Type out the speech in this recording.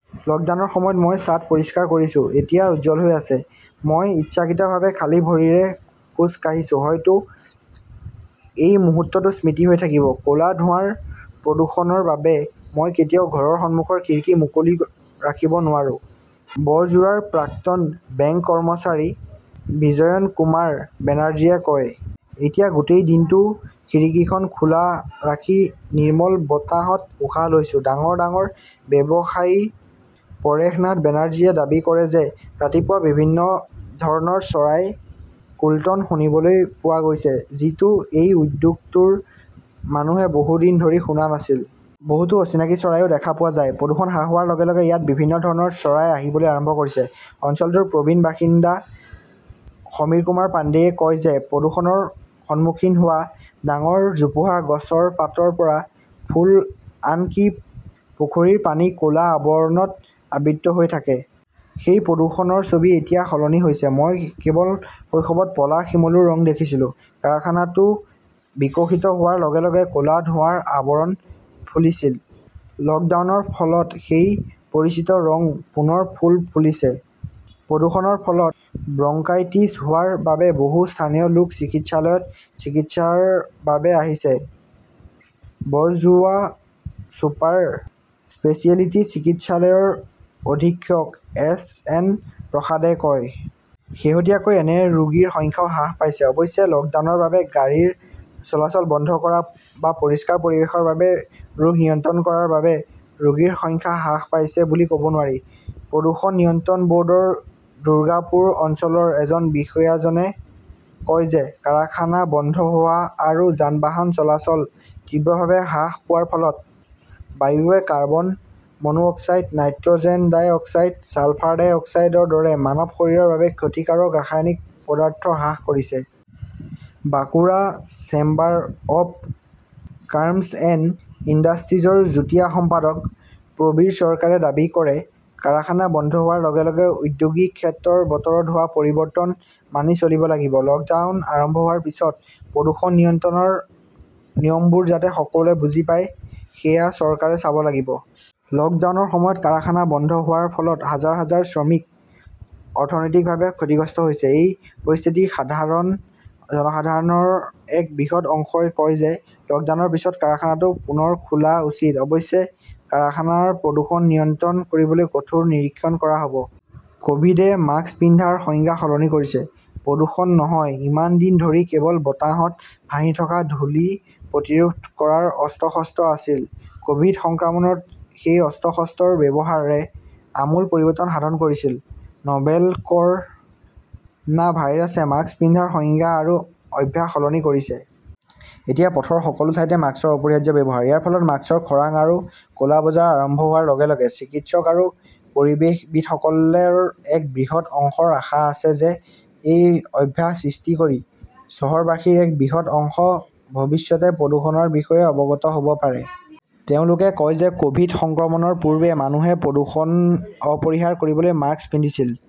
লকডাউনৰ সময়ত মই ছাদ পৰিষ্কাৰ কৰিছো, এতিয়াও উজ্জ্বল হৈ আছে। মই ইচ্ছাকৃতভাৱে খালী ভৰিৰে খোজ কাঢ়িছো, হয়তো এই মুহূৰ্তটো স্মৃতি হৈ থাকিব। কলা ধোঁৱাৰ প্ৰদূষণৰ বাবে মই কেতিয়াও ঘৰৰ সন্মুখৰ খিৰিকী মুকলি ৰাখিব নোৱাৰো, বৰজোৰাৰ প্ৰাক্তন বেংক কৰ্মী বিজয়ন কুমাৰ বেনাৰ্জীয়ে কয়। এতিয়া গোটেই দিনটো খিৰিকীখন খোলা ৰাখি নিৰ্মল বতাহত উশাহ লৈছো। ডাঙৰ-ডাঙৰ ব্যৱসায়ী পৰেশনাথ বেনাৰ্জীয়ে দাবী কৰে যে ৰাতিপুৱা বিভিন্ন ধৰণৰ চৰাইৰ কোল্টন শুনিবলৈ পোৱা গৈছে, যিটো সেই উদ্যোগটোৰ মানুহে বহু দিন ধৰি শুনা নাছিল। বহুতো অচিনাকি চৰাইও দেখা পোৱা যায়। প্ৰদূষণ হ্ৰাস হোৱাৰ লগে-লগে ইয়াত বিভিন্ন ধৰণৰ চৰাই আহিবলৈ আৰম্ভ কৰিছে। অঞ্চলটোৰ প্ৰবীণ বাসিন্দা সমীৰকুমাৰ পাণ্ডেয়ে কয় যে প্ৰদূষণৰ সন্মুখীন হোৱা ডাঙৰ জোপোহা গছৰ পাতৰ পৰা ফুল-আনকি পুখুৰীৰ পানী ক'লা আৱৰণত আবৃত হৈ থাকে। সেই প্ৰদূষণৰ ছবি এতিয়া সলনি হৈছে। মই কেৱল শৈশৱত পালাস, চিমুলৰ ৰং দেখিছিলোঁ। কাৰখানাটো বিকশিত হোৱাৰ লগে-লগে ক'লা ধোঁৱাৰ আৱৰণ ফুলিছিল। লকডাউনৰ ফলত সেই পৰিচিত ৰং পুনৰ ফুল ফুলিছে। প্ৰদূষণৰ ফলত ব্ৰংকাইটিছ হোৱাৰ বাবে বহু স্থানীয় লোক চিকিৎসালয়ত চিকিৎসাৰ বাবে আহিছিল, বৰজোড়া ছুপাৰ স্পেচিয়েলিটি চিকিৎসালয়ৰ অধীক্ষক এছ এন প্ৰসাদে কয়। শেহতীয়াকৈ এনে ৰোগীৰ সংখ্যাও হ্ৰাস পাইছে। অৱশ্যে, লকডাউনৰ বাবে গাড়ীৰ চলাচল বন্ধ কৰা, বা পৰিষ্কাৰ পৰিৱেশৰ বাবে ৰোগ নিয়ন্ত্ৰণ কৰাৰ বাবে ৰোগীৰ সংখ্যা হ্ৰাস পাইছে বুলি কব নোৱাৰি। প্ৰদূষণ নিয়ন্ত্ৰণ বৰ্ডৰ দুৰ্গাপুৰ অঞ্চলৰ এজন বিষয়াজনে কয় যে কাৰখানা বন্ধ হোৱা আৰু যান-বাহনৰ চলাচল তীব্ৰভাৱে হ্ৰাস পোৱাৰ ফলত বায়ুৱে carbon monoxide, nitrogen dioxide, sulphur ডাই অক্সাইডৰ দৰে মানৱ শৰীৰৰ বাবে ক্ষতিকাৰক ৰাসায়নিক পদাৰ্থ হ্ৰাস কৰিছে। Bankura chamber of commerce and ইণ্ডাষ্ট্ৰীজৰ যুটীয়া সম্পাদক প্ৰবীৰ চৰকাৰে দাবী কৰে, কাৰখানা বন্ধ হোৱাৰ লগে-লগে ঔদ্যোগিক ক্ষেত্ৰৰ বতৰত হোৱা পৰিৱৰ্তন মানি চলিব লাগিব। লকডাউন আৰম্ভ হোৱাৰ পিছত প্ৰদূষণ নিয়ন্ত্ৰণৰ নিয়মবোৰ যাতে সকলোৱে বুজি পায় সেয়া চৰকাৰে চাব লাগিব। লকডাউনৰ সময়ত কাৰখানা বন্ধ হোৱাৰ ফলত হাজাৰ-হাজাৰ শ্ৰমিক অৰ্থনৈতিকভাৱে ক্ষতিগ্ৰস্ত হৈছে। এই পৰিস্থিতিত সাধাৰণ জনসাধাৰণৰ এক বৃহৎ অংশই কয় যে 'লকডাউনৰ পিছত কাৰখানাটো পুনৰ খোলা উচিত। অৱশ্যে, কাৰখানাৰ প্ৰদূষণ নিয়ন্ত্ৰণ কৰিবলৈ কঠোৰ নিৰীক্ষণ কৰা হয়। কভিড এ মাস্ক পিন্ধাৰ সংজ্ঞা সলনি কৰিছে, প্ৰদূষণ নহয় ইমান দিন ধৰি কেৱল বতাহত ভাহি থকা ধূলি প্ৰতিৰোধ কৰাৰ 'অস্ত্ৰ-শস্ত্ৰ' আছিল, কভিড সংক্ৰমণত সেই 'অস্ত্ৰ-শস্ত্ৰৰ' ব্যৱহাৰে আমূল পৰিৱৰ্তন সাধন কৰিছিল। নভেল কৰ 'না ভাইৰাছে মাস্ক পিন্ধাৰ সংজ্ঞা আৰু অভ্যাস সলনি কৰিছে। এতিয়া পথৰ সকলো ঠাইতে মাস্কৰ অপৰিহাৰ্য ব্যৱহাৰ। ইয়াৰ ফলত মাস্কৰ খৰাং আৰু ক 'লা বজাৰ আৰম্ভ হোৱাৰ লগে-লগে চিকিৎসক আৰু পৰিৱেশবিদসকলৰ এক বৃহৎ অংশৰ আশা আছে যে এই অভ্যাস সৃষ্টি কৰি চহৰবাসীৰ এক বৃহৎ অংশ ভৱিষ্যতে প্ৰদূষণৰ বিষয়ে অৱগত হ' ব পাৰে। তেওঁলোকে কয় যে কভিড সংক্ৰমণৰ পূৰ্বে মানুহে প্ৰদূষণ পৰিহাৰ কৰিবলৈ মাস্ক পিন্ধিছিল।